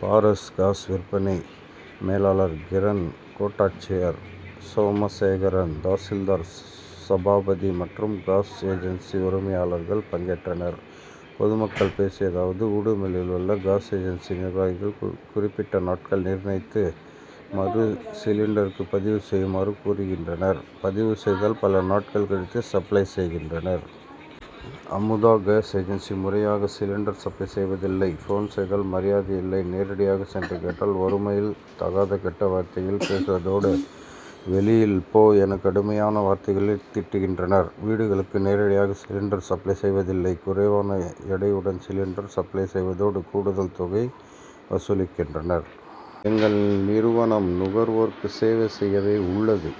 பாரஸ் gas விற்பனை மேலாளர் கிரன், கோட்டாட்சியர் சோமசேகரன், தாசில்தார் சபாபதி மற்றும் காஸ் ஏஜென்சி உரிமையாளர்கள் பங்கேற்றனர். பொதுமக்கள் பேசியதாவது:உடுமலையிலுள்ள காஸ் ஏஜென்சி நிர்வாகங்கள் குறிப்பிட்ட நாட்கள் நிர்ணயித்து, மறு சிலிண்டருக்கு பதிவு செய்யுமாறு கூறுகின்றனர். பதிவு செய்தால் பல நாட்கள் கழித்து சப்ளை செய்கின்றனர். அமுதா காஸ் ஏஜென்சி, முறையாக சிலிண்டர் சப்ளை செய்வதில்லை. போன் செய்தால் மரியாதை இல்லை. நேரடியாக சென்று கேட்டால், ஒருமையில் தகாத கெட்ட வார்த்தையில் பேசுவதோடு, வெளியில் போ என கடுமையான வார்த்தைகளில் திட்டுகின்றனர். வீடுகளுக்கு நேரடியாக சிலிண்டர் சப்ளை செய்வதில்லை. குறைவான எடையுடன் சிலிண்டர் சப்ளை செய்வதோடு, கூடுதல் தொகை வசூலிக்கின்றனர். எங்கள் நிறுவனம் நுகர்வோருக்கு சேவை செய்யவே உள்ளது.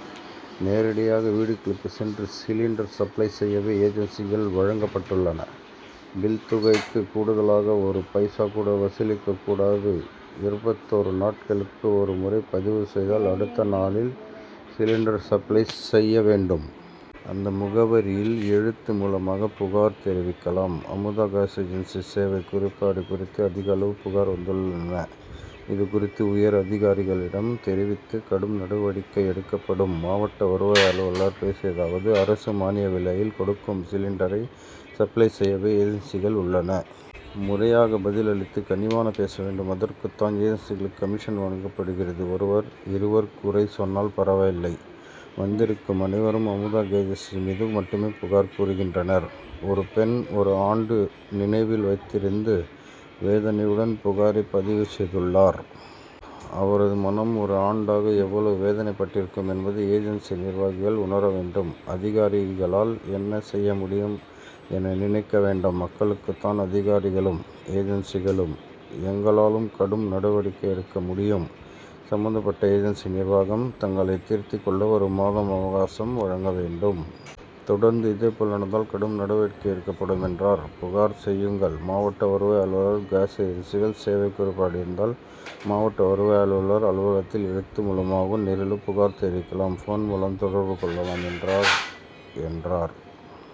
நேரடியாக வீடுகளுக்கு சென்று சிலிண்டர் சப்ளை செய்யவே ஏஜென்சிகள் வழங்கப்பட்டுள்ளன. பில் தொகைக்கு கூடுதலாக ஒரு பைசா கூட வசூலிக்க கூடாது. இருபத்தொரு நாட்களுக்கு ஒரு முறை பதிவு செய்தால், அடுத்த நாளில் சிலிண்டர் சப்ளை செய்ய வேண்டும். அந்த முகவரியில் எழுத்து மூலமாக புகார் தெரிவிக்கலாம். அமுதா காஸ் ஏஜென்சி சேவை குறைபாடு குறித்து அதிகளவு புகார் வந்துள்ளன. இது குறித்து உயர் அதிகாரிகளிடம் தெரிவித்து கடும் நடவடிக்கை எடுக்கப்படும். மாவட்ட வருவாய் அலுவலர் பேசியதாவது:அரசு மானிய விலையில் கொடுக்கும் சிலிண்டரை சப்ளை செய்யவே ஏஜென்சிகள் உள்ளன. முறையாக பதில் அளித்து, கனிவான பேசவேண்டும். அதற்குத்தான் ஏஜென்சிகளுக்கு கமிஷன் வழங்கப்படுகிறது. ஒருவர், இருவர் குறை சொன்னால் பரவாயில்லை. வந்திருக்கும் அனைவரும் அமுதா காஸ் ஏஜென்சி மீது மட்டுமே புகார் கூறுகின்றனர். ஒரு பெண், ஒரு ஆண்டு நினைவில் வைத்திருந்து, வேதனையுடன் புகாரை பதிவு செய்துள்ளார். அவரது மனம் ஒரு ஆண்டாக எவ்வளவு வேதனை பட்டிருக்கும் என்பதை ஏஜென்சி நிர்வாகிகள் உணர வேண்டும். அதிகாரிகளால் என்ன செய்ய முடியும் என நினைக்க வேண்டாம். மக்களுக்குத்தான் அதிகாரிகளும், ஏஜென்சிகளும். எங்களாலும் கடும் நடவடிக்கை எடுக்க முடியும்; சம்பந்தப்பட்ட ஏஜென்சி நிர்வாகம் தங்களை திருத்திக்கொள்ள ஒரு மாதம் அவகாசம் வழங்க வேண்டும். தொடர்ந்து, இதே போல் நடந்தால் கடும் நடவடிக்கை எடுக்கப்படும். ' என்றார். புகார் செய்யுங்கள்:மாவட்ட வருவாய் அலுவலர், காஸ் ஏஜென்சிகள் சேவை குறைபாடு இருந்தால், மாவட்ட வருவாய் அலுவலர் அலுவலக்தில் எழுத்து மூலமாகவோ, நேரிலோ புகார் தெரிவிக்கலாம். போன் மூலமும் தொடர்பு கொள்ளலாம்' என்றார். என்றார்.